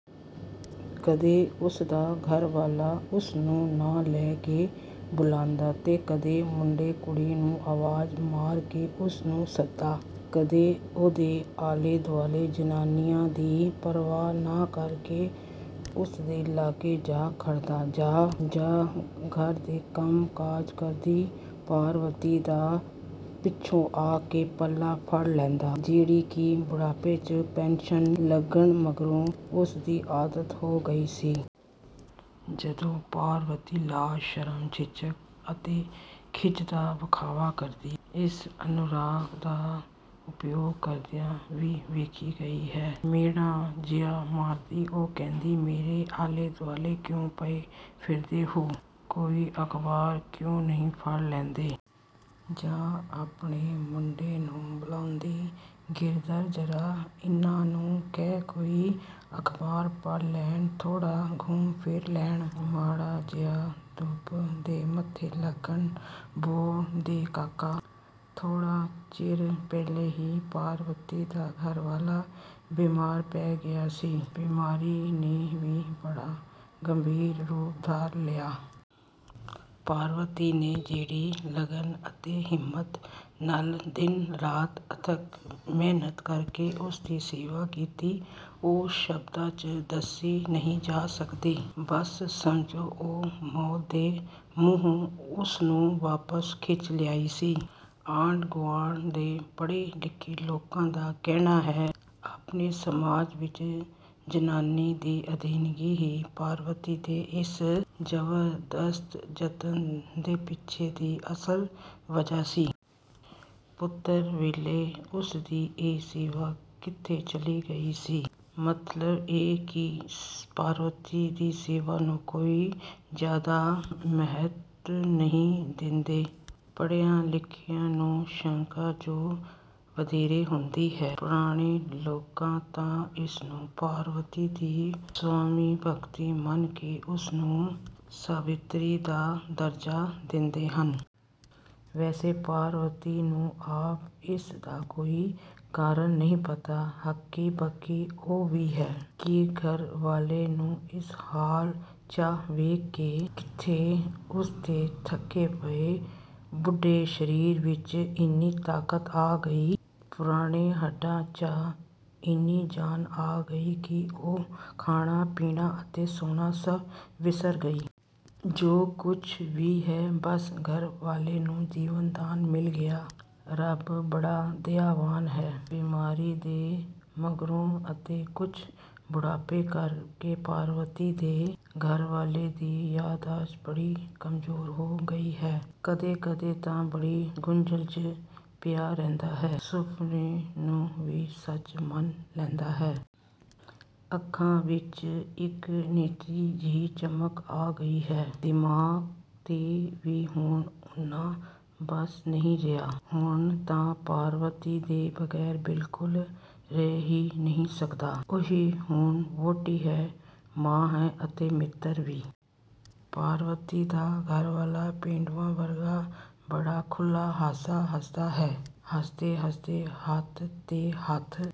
ਕਦੇ ਉਸਦਾ ਘਰਵਾਲਾ ਉਸਨੂੰ ਨਾਂ ਲੈ ਕੇ ਬੁਲਾਉਂਦਾ 'ਤੇ ਕਦੇ ਮੁੰਡੇ-ਕੁੜੀ ਨੂੰ ਅਵਾਜ਼ ਮਾਰ ਕੇ ਉਸਨੂੰ ਸੱਦਦਾ। ਕਦੇ ਉਹਦੇ ਆਲੇ-ਦੁਆਲੇ ਜਨਾਨੀਆਂ ਦੀ ਪਰਵਾਹ ਨਾ ਕਰਕੇ ਉਸਦੇ ਲਾਗੇ ਜਾ ਖੜ੍ਹਦਾ, ਜਾਂ ਘਰ ਦੇ ਕੰਮ-ਕਾਜ ਕਰਦੀ ਪਾਰਵਤੀ ਦਾ ਪਿੱਛੋਂ ਆ ਕੇ ਪੱਲਾ ਫੜ ਲੈਂਦਾ, ਜਿਹੜੀ ਕਿ ਬੁਢਾਪੇ 'ਚ ਪੈਨਸ਼ਨ ਲੱਗਣ ਮਗਰੋਂ ਉਸਦੀ ਆਦਤ ਹੋ ਗਈ ਸੀ। ਜਦੋਂ ਪਾਰਵਤੀ ਲਾਜ-ਸ਼ਰਮ, ਝਿਝਕ ਅਤੇ ਖਿੱਝ ਦਾ ਵਖਾਵਾ ਕਰਦੀ, ਇਸ ਅਨੁਰਾਗ ਦਾ ਉਪਯੋਗ ਕਰਦਿਆਂ ਵੀ ਵੇਖੀ ਗਈ ਹੈ। ਮਿਹਣਾ ਜਿਹਾ ਮਾਰਦੀ ਉਹ ਕਹਿੰਦੀ, "ਮੇਰੇ ਆਲੇ-ਦੁਆਲੇ ਕਿਉਂ ਪਏ ਫਿਰਦੇ ਹੋ? ਕੋਈ ਅਖ਼ਬਾਰ ਕਿਉਂ ਨਹੀਂ ਫੜ ਲੈਂਦੇ?" ਜਾਂ ਆਪਣੇ ਮੁੰਡੇ ਨੂੰ ਬੁਲਾਉਂਦੀ "ਗਿਰਿਦਰ, ਜ਼ਰਾ ਇਨ੍ਹਾਂ ਨੂੰ ਕਹਿ ਕੋਈ ਅਖ਼ਬਾਰ ਪੜ੍ਹ ਲੈਣ, ਥੋੜ੍ਹਾ ਘੁੰਮ-ਫਿਰ ਲੈਣ, ਮਾੜਾ ਜਿਹਾ ਧੁੱਪ ਦੇ ਮੱਥੇ ਲੱਗਣ, ਬੋਲ ਦੇ ਕਾਕਾ!" ਥੋੜ੍ਹਾ ਚਿਰ ਪਹਿਲੇ ਹੀ ਪਾਰਵਤੀ ਦਾ ਘਰਵਾਲਾ ਬਿਮਾਰ ਪੈ ਗਿਆ ਸੀ, ਬਿਮਾਰੀ ਨੇ ਵੀ ਬੜਾ ਗੰਭੀਰ ਰੂਪ ਧਾਰ ਲਿਆ। ਪਾਰਵਤੀ ਨੇ ਜਿਹੜੀ ਲਗਨ 'ਅਤੇ ਹਿੰਮਤ ਨਾਲ਼ ਦਿਨ-ਰਾਤ ਅਥੱਕ ਮਿਹਨਤ ਕਰਕੇ ਉਸਦੀ ਸੇਵਾ ਕੀਤੀ ਉਹ ਸ਼ਬਦਾਂ 'ਚ ਦੱਸੀ ਨਹੀਂ ਜਾ ਸਕਦੀ। ਬੱਸ ਸਮਝੋ, ਉਹ ਮੌਤ ਦੇ ਮੂੰਹੋਂ ਉਸਨੂੰ ਵਾਪਸ ਖਿੱਚ ਲਿਆਈ ਸੀ। ਆਂਢ-ਗੁਆਂਢ ਦੇ ਪੜ੍ਹੇ-ਲਿਖੇ ਲੋਕਾਂ ਦਾ ਕਹਿਣਾ ਹੈ, ਆਪਣੇ ਸਮਾਜ ਵਿੱਚ ਜਨਾਨੀ ਦੀ ਅਧੀਨਗੀ ਹੀ ਪਾਰਵਤੀ ਦੇ ਇਸ ਜ਼ਬਰਦਸਤ ਜਤਨ ਦੇ ਪਿੱਛੇ ਦੀ ਅਸਲ ਵਜ੍ਹਾ ਸੀ। ਪੁੱਤਰ ਵੇਲੇ ਉਸਦੀ ਇਹ ਸੇਵਾ ਕਿੱਥੇ ਚਲੀ ਗਈ ਸੀ? ਮਤਲਬ ਇਹ ਕਿ ਪਾਰਵਤੀ ਦੀ ਸੇਵਾ ਨੂੰ ਕੋਈ ਜ਼ਿਆਦਾ ਮਹੱਤਵ ਨਹੀਂ ਦਿੰਦੇ; ਪੜ੍ਹਿਆਂ-ਲਿਖਿਆਂ ਨੂੰ ਸ਼ੰਕਾ ਜੋ ਵਧੇਰੇ ਹੁੰਦੀ ਹੈ। ਪੁਰਾਣੇ ਲੋਕਾਂ ਤਾਂ ਇਸਨੂੰ ਪਾਰਵਤੀ ਦੀ ਸਵਾਮੀ-ਭਕਤੀ ਮੰਨ ਕੇ ਉਸਨੂੰ ਸਾਵਿਤਰੀ ਦਾ ਦਰਜਾ ਦਿੰਦੇ ਹਨ। ਵੈਸੇ ਪਾਰਵਤੀ ਨੂੰ ਆਪ ਇਸਦਾ ਕੋਈ ਕਾਰਣ ਨਹੀਂ ਪਤਾ। ਹੱਕੀ-ਬੱਕੀ ਉਹ ਵੀ ਹੈ ਕਿ ਘਰਵਾਲੇ ਨੂੰ ਇਸ ਹਾਲ 'ਚ ਵੇਖ ਕੇ ਕਿੱਥੋਂ ਉਸਦੇ ਥੱਕੇ ਪਏ, ਬੁੱਢੇ ਸ਼ਰੀਰ ਵਿੱਚ ਇੰਨੀ ਤਾਕਤ ਆ ਗਈ, ਪੁਰਾਣੇ ਹੱਡਾਂ 'ਚ ਇੰਨੀ ਜਾਨ ਆ ਗਈ ਕਿ ਉਹ ਖਾਣਾ, ਪੀਣਾ ਅਤੇ ਸੌਣਾ ਸਭ ਵਿਸਰ ਗਈ। ਜੋ ਕੁੱਝ ਵੀ ਹੈ, ਬੱਸ ਘਰਵਾਲੇ ਨੂੰ ਜੀਵਨਦਾਨ ਮਿਲ ਗਿਆ; ਰੱਬ ਬੜਾ ਦਇਆਵਾਨ ਹੈ! ਬਿਮਾਰੀ ਦੇ ਮਗਰੋਂ, ਅਤੇ ਕੁੱਝ ਬੁਢਾਪੇ ਕਰਕੇ ਪਾਰਵਤੀ ਦੇ ਘਰਵਾਲੇ ਦੀ ਯਾਦਾਸ਼ਤ ਬੜੀ ਕਮਜ਼ੋਰ ਹੋ ਗਈ ਹੈ। ਕਦੇ-ਕਦੇ ਤਾਂ ਬੜੀ ਗੁੰਝਲ 'ਚ ਪਿਆ ਰਹਿੰਦਾ ਹੈ, ਸੁਫ਼ਨੇ ਨੂੰ ਵੀ ਸੱਚ ਮੰਨ ਲੈਂਦਾ ਹੈ। ਅੱਖਾਂ ਵਿੱਚ ਇੱਕ ਨਿਤਣੀ ਜਿਹੀ ਚਮਕ ਆ ਗਈ ਹੈ। ਦਿਮਾਗ 'ਤੇ ਵੀ ਹੁਣ ਓਨਾ ਵੱਸ ਨਹੀਂ ਰਿਹਾ। ਹੁਣ ਤਾਂ ਪਾਰਵਤੀ ਦੇ ਬਗ਼ੈਰ ਬਿਲਕੁਲ ਰਹਿ ਹੀ ਨਹੀਂ ਸਕਦਾ। ਉਹੀ ਹੁਣ ਵਹੁਟੀ ਹੈ, ਮਾਂ ਹੈ ਅਤੇ ਮਿੱਤਰ ਵੀ। ਪਾਰਵਤੀ ਦਾ ਘਰਵਾਲਾ ਪੇਂਡੂਆਂ ਵਰਗਾ ਬੜਾ ਖੁੱਲ੍ਹਾ ਹਾਸਾ ਹੱਸਦਾ ਹੈ, ਹੱਸਦੇ-ਹੱਸਦੇ ਹੱਥ 'ਤੇ ਹੱਥ